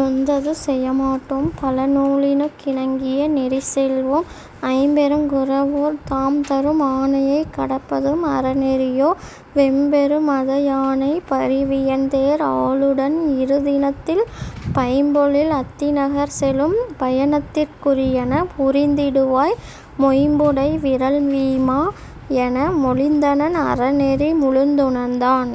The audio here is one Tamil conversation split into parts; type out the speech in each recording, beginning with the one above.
நொந்தது செயமாட் டோம்;-பழ நூலினுக் கிணங்கிய நெறிசெல் வோம். 'ஐம்பெருங் குரவோர் தாம்,-தரும் ஆணையைக் கடப்பதும் அறநெறி யோ? வெம்பெரு மத யானை-பரி வியன்தேர் ஆளுடன் இருதினத் தில்। பைம்பொழில் அத்திநகர்-செலும் பயணத்திற் குரியன புரிந்திடு வாய், மொய்ம்புடை விறல் வீமா! '-என மொழிந்தனன் அறநெறி முழுதுணர்ந்தான்..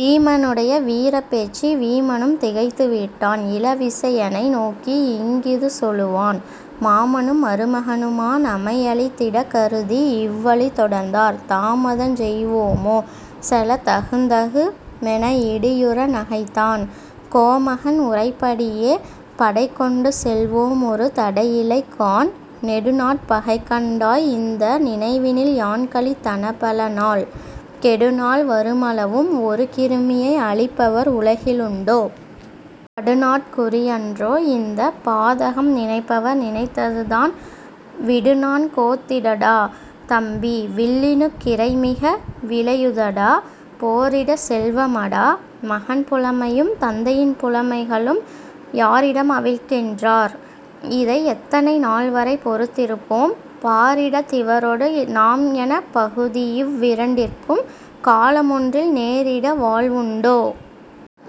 வீமனுடைய வீரப்பேச்சு வீமனும் திகைத்துவிட்டான்;-இள விசயனை நோக்கிஇங் கிதுசொலு வான், 'மாமனும் மருமகனு மா-நமை யழித்திடக் கருதிஇவ் வழிதொடர்ந் தார்; தாமதஞ் செய்வோ மோ? -செலத் தகுந்தகு'மெனஇடி யுறநகைத் தான்; கோமகன் உரைப்படி யே-படை கொண்டுசெல் வோமொரு தடையிலை காண்! 'நெடுநாட் பகைகண் டாய்! -இந்த நினைவினில் யான்கழித் தனபல நாள்; கெடுநாள் வருமளவும்-ஒரு கிருமியை அழிப்பவர் உலகிலுண் டோ? படுநாட் குறிஅன் றோ-இந்தப் பாதகம் நினைப்பவர் நினைத்தது தான்? விடுநாண் கோத்திட டா! -தம்பி! வில்லினுக் கிரைமிக விளையு தடா! 'போரிடச் செல்வ மடா! -மகன் புலைமையும் தந்தையின் புலமை களும் யாரிடம் அவிழ்க்கின் றார்? -இதை எத்தனை நாள்வரை பொறுத்திருப் போம்? பாரிடத் திவரொடு நாம்-எனப் பகுதியிவ் விரண்டிற்கும் காலமொன் றில் நேரிட வாழ்வுண் டோ?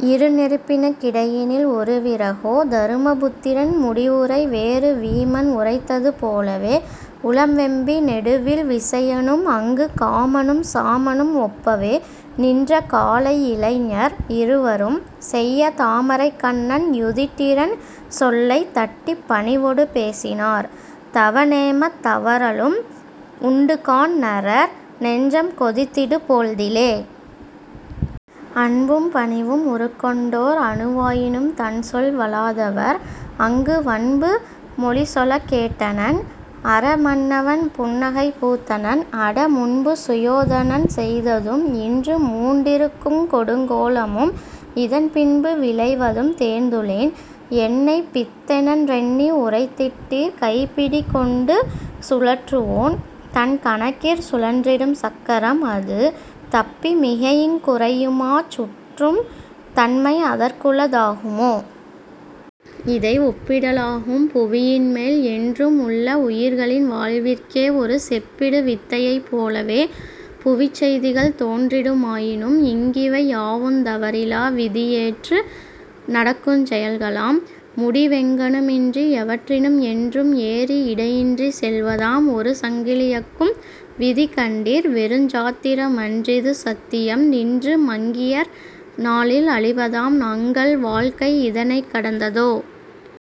-இரு நெருப்பினுக் கிடையினில் ஒருவிற கோ? '. தருமபுத்திரன் முடிவுரை வேறு வீமன் உரைத்தது போலவே-உளம் வெம்பி நெடுவில் விசயனும் அங்கு காமனும் சாமனும் ஒப்பவே-நின்ற காளை இளைஞர் இருவரும்-செய்ய தாமரைக் கண்ணன் யுதிட்டிரன்-சொல்லைத் தட்டிப் பணிவொடு பேசினார்;-தவ நேமத் தவறலும் உண்டுகாண்,-நரர் நெஞ்சம் கொதித்திடு போழ்திலே. அன்பும் பணிவும் உருக்கொண்டோர்-அணு வாயினும் தன்சொல் வழாதவர்-அங்கு வன்பு மொழிசொலக் கேட்டனன்;-அற மன்னவன் புன்னகை பூத்தனன்;-'அட! முன்பு சுயோதனன் செய்ததும்-இன்று மூண்டிருக்குங் கொடுங் கோலமும்-இதன் பின்பு விளைவதும் தேர்ந்துளேன்-என்னைப் பித்தனென் றெண்ணி உரைத்திட்டீர்! 'கைப்பிடி கொண்டு சுழற்றுவோன்-தன் கணக்கிற் சுழன்றிடும் சக்கரம்-அது தப்பி மிகையுங் குறையுமாச்-சுற்றும் தன்மை அதற்குள தாகுமோ? -இதை ஒப்பிட லாகும் புவியின்மேல்-என்றும் உள்ள உயிர்களின் வாழ்விற்கே,-ஒரு செப்பிடு வித்தையைப் போலவே-புவிச் செய்திகள் தோன்றிடு மாயினும். 'இங்கிவை யாவுந் தவறிலா-விதி ஏற்று நடக்குஞ் செயல்களாம்;-முடி வெங்கணு மின்றி எவற்றினும்-என்றும் ஏறி இடையின்றிச் செல்வதாம்-ஒரு சங்கிலி யக்கும் விதி கண்டீர்-வெறுஞ் சாத்திர மன்றிது சத்தியம்-நின்று மங்கியர் நாளில் அழிவதாம்-நங்கள் வாழ்க்கை இதனைக் கடந்ததோ?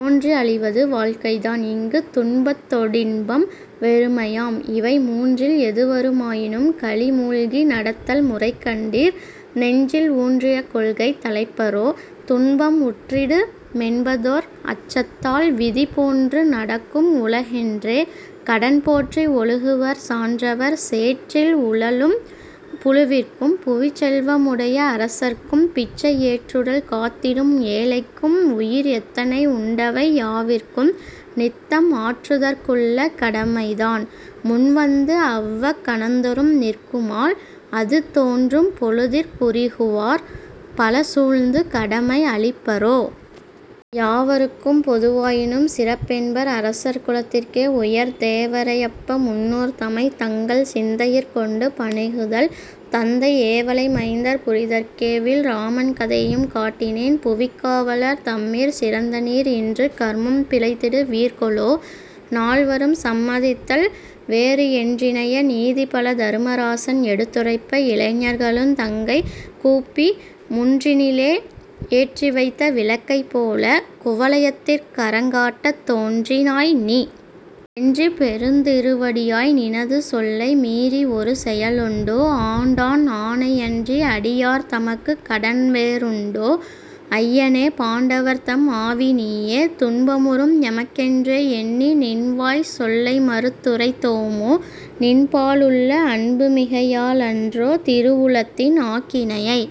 'தோன்றி அழிவது வாழ்க்கைதான்-இங்குத் துன்பத்தொ டின்பம் வெறுமையாம்-இவை மூன்றில் எதுவரு மாயினும்,-களி மூழ்கி நடத்தல் முறைகண்டீர்? -நெஞ்சில் ஊன்றிய கொள்கை தழைப்பரோ-துன்பம் உற்றிடு மென்பதொர் அச்சத்தால்? -விதி போன்று நடக்கும் உலகென்றே-கடன் போற்றி ஒழுகுவர் சான்றவர். 'சேற்றில் உழலும் புழுவிற்கும்,-புவிச் செல்வ முடைய அரசர்க்கும்-பிச்சை ஏற்றுடல் காத்திடும் ஏழைக்கும்,-உயிர் எத்தனை உண்டவை யாவிற்கும்,-நித்தம் ஆற்றுதற் குள்ள கடமைதான்-முன்வந்து அவ்வக் கணந்தொறும் நிற்குமால்-அது தோற்றும் பொழுதிற் புரிகுவார்-பல சூழ்ந்து கடமை அழிப்பரோ? 'யாவருக் கும்பொது வாயினும்-சிறப் பென்பர் அரசர் குலத்திற்கே-உயர் தேவரை யப்ப முன்னோர் தமைத்-தங்கள் சிந்தையிற் கொண்டு பணிகுதல்;-தந்தை ஏவலை மைந்தர் புரிதற்கே-வில் இராமன் கதையையும் காட்டினேன்:-புவிக் காவலர் தம்மிற் சிறந்தநீர்-இன்று கர்மம் பிழைத்திடு வீர்கொலோ? '. நால்வரும் சம்மதித்தல் வேறு என் றினைய நீதிபல தரும ராசன் எடுத்துரைப்ப, இளைஞர்களுந் தங்கை கூப்பிக் 'முன்றினிலே ஏற்றிவைத்த விளக்கைப் போலக் குவலயத்திற் கறங்காட்டத் தோன்றி னாய் நீ! வென்றிபெறுந் திருவடியாய்! நினது சொல்லை மீறிஒரு செயலுண்டோ? ஆண்டான் ஆணை யன்றிஅடி யார்தமக்குக் கடன்வே றுண்டோ? ஐயனே! பாண்டவர்தம் ஆவி நீயே! துன்பமுரும் எமக்கென்றே எண்ணி நின்வாய்ச் சொல்லைமறுத் துரைத்தோமோ? நின்பா லுள்ள அன்புமிகையா லன்றோ திருவுளத்தின் ஆக்கினையை